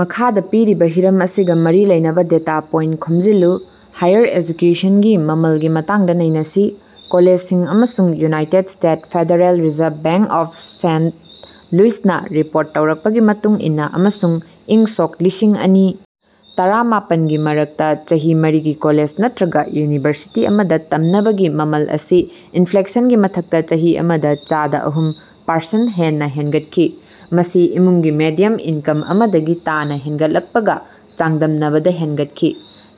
ꯃꯈꯥꯗꯥ ꯄꯤꯔꯤꯕꯥ ꯍꯤꯔꯝ ꯑꯁꯤꯒꯥ ꯃꯔꯤ ꯂꯩꯅꯕꯥ ꯗꯦꯇꯥ ꯄꯣꯏꯟꯇ ꯈꯣꯝꯖꯤꯜꯂꯨ: ꯍꯥꯏꯌꯔ ꯑꯦꯖꯨꯀꯦꯁꯟꯒꯤ ꯃꯃꯜꯒꯤ ꯃꯇꯥꯡꯗ ꯅꯩꯅꯁꯤ꯫ ꯀꯣꯂꯦꯖꯁꯤꯡ ꯑꯃꯁꯨꯡ united state federal reserve bank of saint ꯂꯨꯏꯁꯅꯥ ꯔꯤꯄꯣꯔꯠ ꯇꯧꯔꯛꯄꯒꯤ ꯃꯇꯨꯡ ꯏꯟꯅꯥ ꯑꯃꯁꯨꯡ ꯏꯪ ꯁꯣꯛ ꯂꯤꯁꯤꯡ ꯑꯅꯤ ꯇꯔꯥꯃꯥꯄꯟꯒꯤ ꯃꯔꯛꯇꯥ ꯆꯍꯤ ꯃꯔꯤꯒꯤ ꯀꯣꯂꯦꯖ ꯅꯠꯇ꯭ꯔꯒꯥ ꯌꯨꯅꯤꯚꯔꯁꯤꯇꯤ ꯑꯃꯗꯥ ꯇꯝꯅꯕꯒꯤ ꯃꯃꯜ ꯑꯁꯤ ꯏꯟꯐ꯭ꯂꯦꯁꯟꯒꯤ ꯃꯊꯛꯇꯥ ꯆꯍꯤ ꯑꯃꯗꯥ ꯆꯗꯥ ꯑꯍꯨꯝ ꯄꯥꯔꯁꯦꯟ ꯍꯦꯟꯅꯥ ꯍꯦꯟꯒꯠꯈꯤ, ꯃꯁꯤ ꯏꯃꯨꯡꯒꯤ ꯃꯦꯗꯤꯌꯝ ꯏꯟꯀꯝ ꯑꯃꯥꯗꯒꯤ ꯇꯥꯅꯥ ꯍꯦꯟꯒꯠꯂꯛꯄꯒꯥ ꯆꯥꯡꯗꯝꯅꯕꯗꯥ ꯍꯦꯟꯒꯠꯈꯤ꯫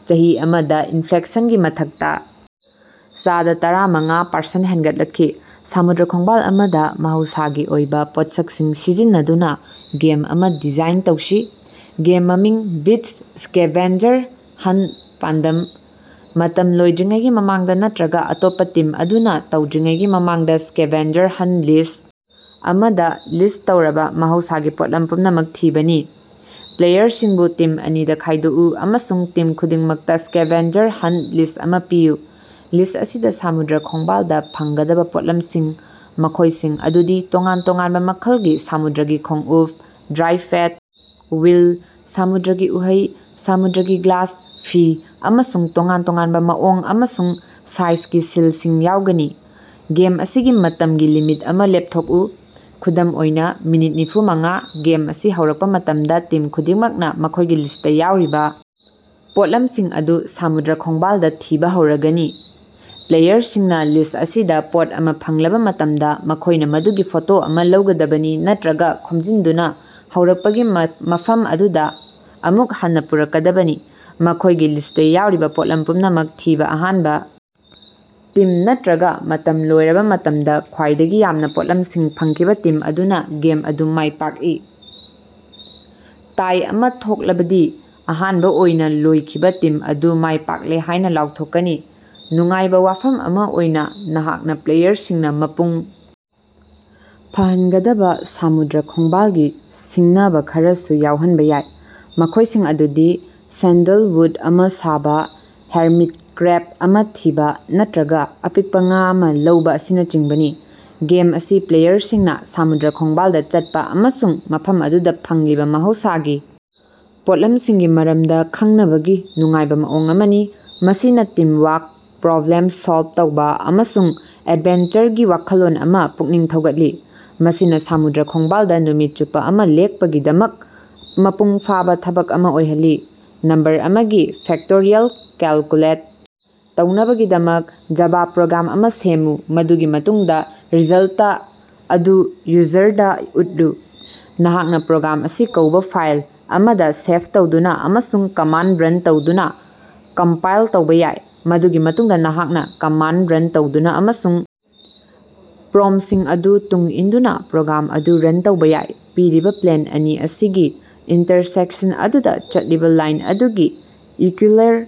ꯆꯍꯤ ꯑꯃꯗꯥ ꯏꯟꯐ꯭ꯂꯦꯁꯟꯒꯤ ꯃꯊꯛꯇꯥ ꯆꯗꯥ ꯇꯔꯥꯃꯉꯥ ꯄꯥꯔꯁꯦꯟ ꯍꯦꯟꯒꯠꯂꯛꯈꯤ꯫ ꯁꯃꯨꯗ꯭ꯔ ꯈꯣꯡꯕꯥꯜ ꯑꯃꯗꯥ ꯃꯍꯧꯁꯥꯒꯤ ꯑꯣꯏꯕꯥ ꯄꯣꯠꯁꯛꯁꯤꯡ ꯁꯤꯖꯤꯟꯅꯗꯨꯅꯥ ꯒꯦꯝ ꯑꯃꯥ ꯗꯤꯖꯥꯏꯟ ꯇꯧꯁꯤ꯫ ꯒꯦꯝ ꯃꯃꯤꯡ ꯕꯤꯆ ꯁ꯭ꯀꯦꯚꯦꯟꯖꯔ ꯍꯟꯇ ꯄꯥꯟꯗꯝ: ꯃꯇꯝ ꯂꯣꯏꯗ꯭ꯔꯤꯉꯩꯒꯤ ꯃꯃꯥꯡꯗꯥ ꯅꯠꯇ꯭ꯔꯒꯥ ꯑꯇꯣꯞꯄꯥ ꯇꯤꯝ ꯑꯗꯨꯅꯥ ꯇꯧꯗ꯭ꯔꯤꯉꯩꯒꯤ ꯃꯃꯥꯡꯗꯥ ꯁ꯭ꯀꯦꯚꯦꯟꯖꯔ ꯍꯟꯇ ꯂꯤꯁ꯭ꯠ ꯑꯃꯗꯥ ꯂꯤꯁ ꯇꯧꯔꯕꯥ ꯃꯍꯧꯁꯥꯒꯤ ꯄꯣꯠꯂꯝ ꯄꯨꯝꯅꯃꯛ ꯊꯤꯕꯥꯅꯤ꯫ ꯄ꯭ꯂꯦꯌꯔꯁꯤꯡꯕꯨ ꯇꯤꯝ ꯑꯅꯤꯗꯥ ꯈꯥꯏꯗꯣꯛꯎ ꯑꯃꯁꯨꯡ ꯇꯤꯝ ꯈꯨꯗꯤꯡꯃꯛꯇꯥ ꯁ꯭ꯀꯦꯚꯦꯟꯖꯔ ꯍꯟꯇ ꯂꯤꯁ ꯑꯃꯥ ꯄꯤꯌꯨ꯫ ꯂꯤꯁ ꯑꯁꯤꯗꯥ ꯁꯃꯨꯗ꯭ꯔ ꯈꯣꯡꯕꯥꯜꯗꯥ ꯐꯪꯒꯗꯕꯥ ꯄꯣꯠꯂꯝꯁꯤꯡ, ꯃꯈꯣꯏꯁꯤꯡ ꯑꯗꯨꯗꯤ ꯇꯣꯉꯥꯟ ꯇꯣꯉꯥꯟꯕ ꯃꯈꯜꯒꯤ ꯁꯃꯨꯗ꯭ꯔꯒꯤ ꯈꯣꯡꯎꯞ, ꯗ꯭ꯔꯥꯏꯐꯦꯠ ꯋꯤꯜ, ꯁꯃꯨꯗ꯭ꯔꯒꯤ ꯎꯍꯩ, ꯁꯃꯨꯗ꯭ꯔꯒꯤ ꯒ꯭ꯂꯥꯁ, ꯐꯤ, ꯑꯃꯁꯨꯡ ꯇꯣꯉꯥꯟ ꯇꯣꯉꯥꯟꯕ ꯃꯑꯣꯡ ꯑꯃꯁꯨꯡ ꯁꯥꯏꯖꯒꯤ ꯁꯤꯜꯁꯤꯡ ꯌꯥꯎꯒꯅꯤ꯫ ꯒꯦꯝ ꯑꯁꯤꯒꯤ ꯃꯇꯝꯒꯤ ꯂꯤꯃꯤꯠ ꯑꯃꯥ ꯂꯦꯞꯊꯣꯛꯎ, ꯈꯨꯗꯝ ꯑꯣꯏꯅꯥ ꯃꯤꯅꯤꯠ ꯅꯤꯐꯨꯃꯉꯥ ꯒꯦꯝ ꯑꯁꯤ ꯍꯧꯔꯛꯄꯥ ꯃꯇꯝꯗꯥ ꯇꯤꯝ ꯈꯨꯗꯤꯡꯃꯛꯅꯥ ꯃꯈꯣꯏꯒꯤ ꯂꯤꯁꯇꯥ ꯌꯥꯎꯔꯤꯕꯥ ꯄꯣꯠꯂꯝꯁꯤꯡ ꯑꯗꯨ ꯁꯃꯨꯗ꯭ꯔ ꯈꯣꯡꯕꯥꯜꯗꯥ ꯊꯤꯕꯥ ꯍꯧꯔꯒꯅꯤ꯫ ꯄ꯭ꯂꯦꯌꯔꯁꯤꯡꯅꯥ ꯂꯤꯁ ꯑꯁꯤꯗꯥ ꯄꯣꯠ ꯑꯃꯥ ꯐꯪꯂꯕꯥ ꯃꯇꯝꯗꯥ, ꯃꯈꯣꯏꯅꯥ ꯃꯗꯨꯒꯤ ꯐꯣꯇꯣ ꯑꯃꯥ ꯂꯧꯒꯗꯕꯅꯤ ꯅꯠꯇ꯭ꯔꯒꯥ ꯈꯣꯝꯖꯤꯟꯗꯨꯅꯥ ꯍꯧꯔꯛꯄꯒꯤ ꯃꯐꯝ ꯑꯗꯨꯗꯥ ꯑꯃꯨꯛ ꯍꯟꯅꯥ ꯄꯨꯔꯛꯀꯗꯕꯅꯤ꯫ ꯃꯈꯣꯏꯒꯤ ꯂꯤꯁꯇꯥ ꯌꯥꯎꯔꯤꯕꯥ ꯄꯣꯠꯂꯝ ꯄꯨꯝꯅꯃꯛ ꯊꯤꯕꯥ ꯑꯍꯥꯟꯕꯥ ꯇꯤꯝ ꯅꯠꯇ꯭ꯔꯒꯥ ꯃꯇꯝ ꯂꯣꯏꯔꯕꯥ ꯃꯇꯝꯗꯥ ꯈ꯭ꯋꯥꯏꯗꯒꯤ ꯌꯥꯝꯅꯥ ꯄꯣꯠꯂꯝꯁꯤꯡ ꯐꯪꯈꯤꯕꯥ ꯇꯤꯝ ꯑꯗꯨꯅꯥ ꯒꯦꯝ ꯑꯗꯨ ꯃꯥꯏ ꯄꯥꯛꯏ꯫ ꯇꯥꯏ ꯑꯃꯥ ꯊꯣꯛꯂꯕꯗꯤ ꯑꯍꯥꯟꯕꯥ ꯑꯣꯏꯅꯥ ꯂꯣꯏꯈꯤꯕꯥ ꯇꯤꯝ ꯑꯗꯨ ꯃꯥꯏꯄꯥꯛꯂꯦ ꯍꯥꯏꯅꯥ ꯂꯥꯎꯊꯣꯛꯀꯅꯤ꯫ ꯅꯨꯡꯉꯥꯏꯕꯥ ꯋꯥꯐꯝ ꯑꯃꯥ ꯑꯣꯏꯅꯥ, ꯅꯍꯥꯛꯅꯥ ꯄ꯭ꯂꯦꯌꯔꯁꯤꯡꯅꯥ ꯃꯄꯨꯡ ꯐꯥꯍꯟꯒꯗꯕꯥ ꯁꯃꯨꯗ꯭ꯔ ꯈꯣꯡꯕꯥꯜꯒꯤ ꯁꯤꯡꯅꯕꯥ ꯈꯔꯁꯨ ꯌꯥꯎꯍꯟꯕꯥ ꯌꯥꯏ, ꯃꯈꯣꯏꯁꯤꯡ ꯑꯗꯨꯗꯤ ꯁꯦꯟꯗꯜꯋꯨꯠ ꯑꯃꯥ ꯁꯥꯕꯥ, ꯍꯦꯔꯃꯤꯠ ꯀ꯭ꯔꯦꯕ ꯑꯃꯥ ꯊꯤꯕꯥ, ꯅꯠꯇ꯭ꯔꯒꯥ ꯑꯄꯤꯛꯄꯥ ꯉꯥ ꯑꯃꯥ ꯂꯧꯕꯥ ꯑꯁꯤꯅꯆꯤꯡꯕꯅꯤ꯫ ꯒꯦꯝ ꯑꯁꯤ ꯄ꯭ꯂꯦꯌꯔꯁꯤꯡꯅꯥ ꯁꯃꯨꯗ꯭ꯔ ꯈꯣꯡꯕꯥꯜꯗꯥ ꯆꯠꯄꯥ ꯑꯃꯁꯨꯡ ꯃꯐꯝ ꯑꯗꯨꯗꯥ ꯐꯪꯂꯤꯕꯥ ꯃꯍꯧꯁꯥꯒꯤ ꯄꯣꯠꯂꯝꯁꯤꯡꯒꯤ ꯃꯔꯝꯗꯥ ꯈꯪꯅꯕꯒꯤ ꯅꯨꯡꯉꯥꯏꯕꯥ ꯃꯑꯣꯡ ꯑꯃꯅꯤ꯫ ꯃꯁꯤꯅꯥ ꯇꯤꯝꯋꯥꯛ, ꯄ꯭ꯔꯣꯕ꯭ꯂꯦꯝ ꯁꯣꯜꯕ ꯇꯧꯕꯥ, ꯑꯃꯁꯨꯡ ꯑꯦꯗꯚꯦꯟꯆꯔꯒꯤ ꯋꯥꯈꯜꯂꯣꯟ ꯑꯃꯥ ꯄꯨꯛꯅꯤꯡ ꯊꯧꯒꯠꯂꯤ, ꯃꯁꯤꯅꯥ ꯁꯃꯨꯗ꯭ꯔ ꯈꯣꯡꯕꯥꯜꯗꯥ ꯅꯨꯃꯤꯠ ꯆꯨꯞꯄꯥ ꯑꯃꯥ ꯂꯦꯞꯄꯒꯤꯗꯃꯛ ꯃꯄꯨꯡ ꯐꯥꯕꯥ ꯊꯕꯛ ꯑꯃꯥ ꯑꯣꯏꯍꯜꯂꯤ꯫ ꯅꯝꯕꯔ ꯑꯃꯒꯤ ꯐꯦꯛꯇꯣꯔꯤꯑꯦꯜ ꯀꯦꯜꯀꯨꯂꯦꯠ ꯇꯧꯅꯕꯒꯤꯗꯃꯛ ꯖꯥꯚꯥ ꯄ꯭ꯔꯣꯒ꯭ꯔꯥꯝ ꯑꯃꯥ ꯁꯦꯝꯃꯨ꯫ ꯃꯗꯨꯒꯤ ꯃꯇꯨꯡꯗꯥ ꯔꯤꯖꯜꯇ ꯑꯗꯨ ꯌꯨꯖꯔꯗꯥ ꯎꯠꯂꯨ꯫ ꯅꯍꯥꯛꯅꯥ ꯄ꯭ꯔꯣꯒ꯭ꯔꯥꯝ ꯑꯁꯤ ꯀꯧꯕꯥ ꯐꯥꯏꯜ ꯑꯃꯗꯥ ꯁꯦꯞ ꯇꯧꯗꯨꯅꯥ ꯑꯃꯁꯨꯡ ꯀꯃꯥꯟꯗ ꯔꯟ ꯇꯧꯗꯨꯅꯥ ꯀꯝꯄꯥꯏꯜ ꯇꯧꯕꯥ ꯌꯥꯏ꯫ ꯃꯗꯨꯒꯤ ꯃꯇꯨꯡꯗꯥ ꯅꯍꯥꯛꯅꯥ ꯀꯃꯥꯟꯗ ꯔꯟ ꯇꯧꯗꯨꯅꯥ ꯑꯃꯁꯨꯡ ꯄ꯭ꯔꯣꯝꯁꯤꯡ ꯑꯗꯨ ꯇꯨꯡ ꯏꯟꯗꯨꯅꯥ ꯄ꯭ꯔꯣꯒ꯭ꯔꯥꯝ ꯑꯗꯨ ꯔꯟ ꯇꯧꯕꯥ ꯌꯥꯏ꯫ ꯄꯤꯔꯤꯕꯥ ꯄ꯭ꯂꯦꯟ ꯑꯅꯤ ꯑꯁꯤꯒꯤ ꯏꯟꯇꯔꯁꯦꯛꯁꯟ ꯑꯗꯨꯗꯥ ꯆꯠꯂꯤꯕꯥ ꯂꯥꯏꯟ ꯑꯗꯨꯒꯤ ꯏꯀ꯭ꯌꯨꯏꯂꯔ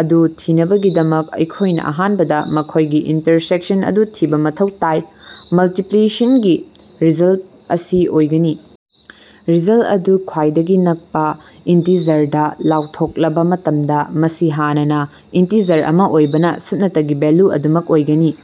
ꯑꯗꯨ ꯊꯤꯅꯕꯒꯤꯗꯃꯛ ꯑꯩꯈꯣꯏꯅꯥ ꯑꯍꯥꯟꯕꯗꯥ ꯃꯈꯣꯏꯒꯤ ꯏꯟꯇꯔꯁꯦꯛꯁꯟ ꯑꯗꯨ ꯊꯤꯕꯥ ꯃꯊꯧ ꯇꯥꯏ꯫ ꯃꯜꯇꯤꯄ꯭ꯂꯦꯁꯟꯒꯤ ꯔꯤꯖꯜꯇ ꯑꯁꯤ ꯑꯣꯏꯒꯅꯤ, ꯔꯤꯖꯜꯇ ꯑꯗꯨ ꯈ꯭ꯋꯥꯏꯗꯒꯤ ꯅꯛꯄꯥ ꯏꯟꯇꯤꯖꯔꯗꯥ ꯂꯥꯎꯊꯣꯛꯂꯕꯥ ꯃꯇꯝꯗꯥ, ꯃꯁꯤ ꯍꯥꯟꯅꯅꯥ ꯏꯟꯇꯤꯖꯔ ꯑꯃꯥ ꯑꯣꯏꯕꯅꯥ ꯁꯨꯞꯅꯇꯒꯤ ꯚꯦꯜꯂꯨ ꯑꯗꯨꯃꯛ ꯑꯣꯏꯒꯅꯤ꯫